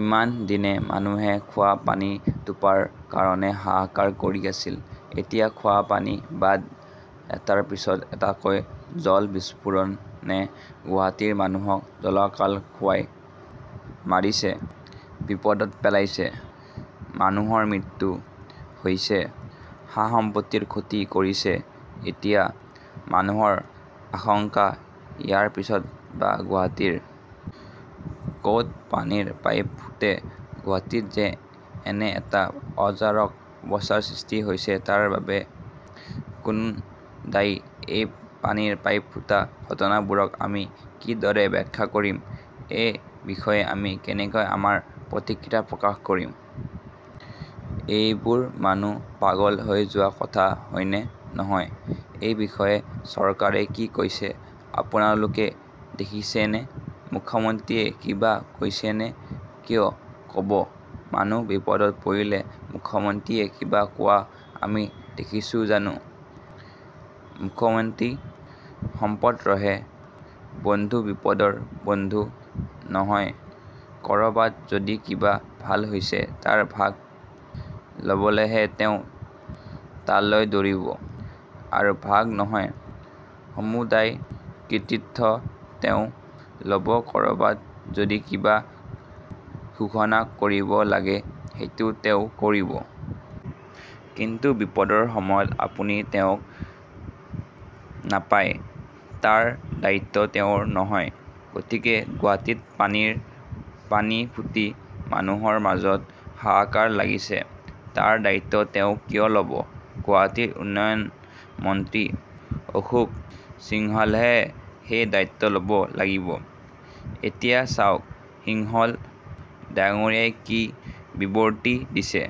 ইমানদিনে মানুহে খোৱা পানীটুপাৰ কাৰণে হাহাকাৰ কৰি আছিল। এতিয়া খোৱা পানী বাদ এটাৰ পিছত এটাকৈ জল বিস্ফোৰণে গুৱহাটীৰ মানুহক জ্বলাকলা খুৱাই মাৰিছেবিপদত পেলাইছেমানুহৰ মৃত্যু হৈছেসাসম্পত্তিৰ ক্ষতি কৰিছেএতিয়া মানুহৰ আশংকা ইয়াৰ পিছত বা গুৱাহাটীৰ কত পানীৰ পাইপ ফুটে গুৱাহাটীত যে এনে এটা অৰাজক অৱস্থাৰ সৃষ্টি হৈছে তাৰবাবে কোন দায়ী এই পানীৰ পাইপ ফুটা ঘটনাবোৰক আমি কি দৰে ব্যাখ্যা কৰিম এই বিষয়ে আমি কেনেকৈ আমাৰ প্ৰতিক্ৰিয়া প্ৰকাশ কৰিম এইবোৰ মানুহ পাগল হৈ যোৱা কথা হয়নে নহয় এই বিষয়ে চৰকাৰে কি কৈছে আপোনালোকে দেখিছেনে মুখ্যমন্ত্ৰীয়ে কিবা কৈছেনে কিয় কব মানুহ বিপদত পৰিলে মুখ্যমন্ত্ৰীয়ে কিবা কোৱা আমি দেখিছোঁ জানো মুখ্যমন্ত্ৰী সম্পদৰহে বন্ধু বিপদৰ বন্ধু নহয় কৰবাত যদি কিবা ভাল হৈছে তাৰ ভাগ লবলৈহে তেওঁ তালৈ দৌৰিব আৰু ভাগ নহয় সমুদায় কৃতিত্ব তেওঁ লব কৰবাত যদি কিবা ঘোষণা কৰিব লাগে সেইটো তেওঁ কৰিব। কিন্তু বিপদৰ সময়ত আপুনি তেওঁক নাপায়তাৰ দায়িত্ব তেওঁৰ নহয়গতিকে গুৱাহাটীত পানীৰ পানী ফুটি মানুহৰ মাজত হাহাকাৰ লাগিছে তাৰ দায়িত্ব তেওঁ কিয় লব গুৱাহাটীৰ উন্নয়ন মন্ত্ৰী অশোক সিংহলেহে সেই দায়িত্ব লব লাগিবএতিয়া চাওক সিংহল ডাঙৰীয়াই কি বিবৰতি দিছেঃ.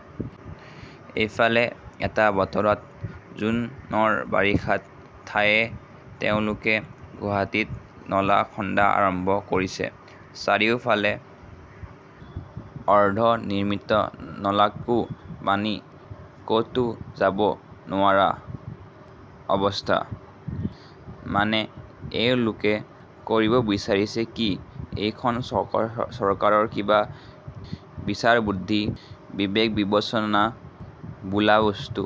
ইফালে এটা বতৰত জুনৰ বাৰিষাত ঠায়ে তেওঁলোকে গুৱাহাটীত নলা খন্দা আৰম্ভ কৰিছেচাৰিওফালে অৰ্দ্ধ নিৰ্মিত নলাকো পানী কতো যাব নোৱাৰা অৱস্থা। মানে এওঁলোকে কৰিব বিচাৰিছে কি এইখন চৰকাৰৰ কিবা বিচাৰবুদ্ধি বিবেকবিবেচনা বোলা বস্তু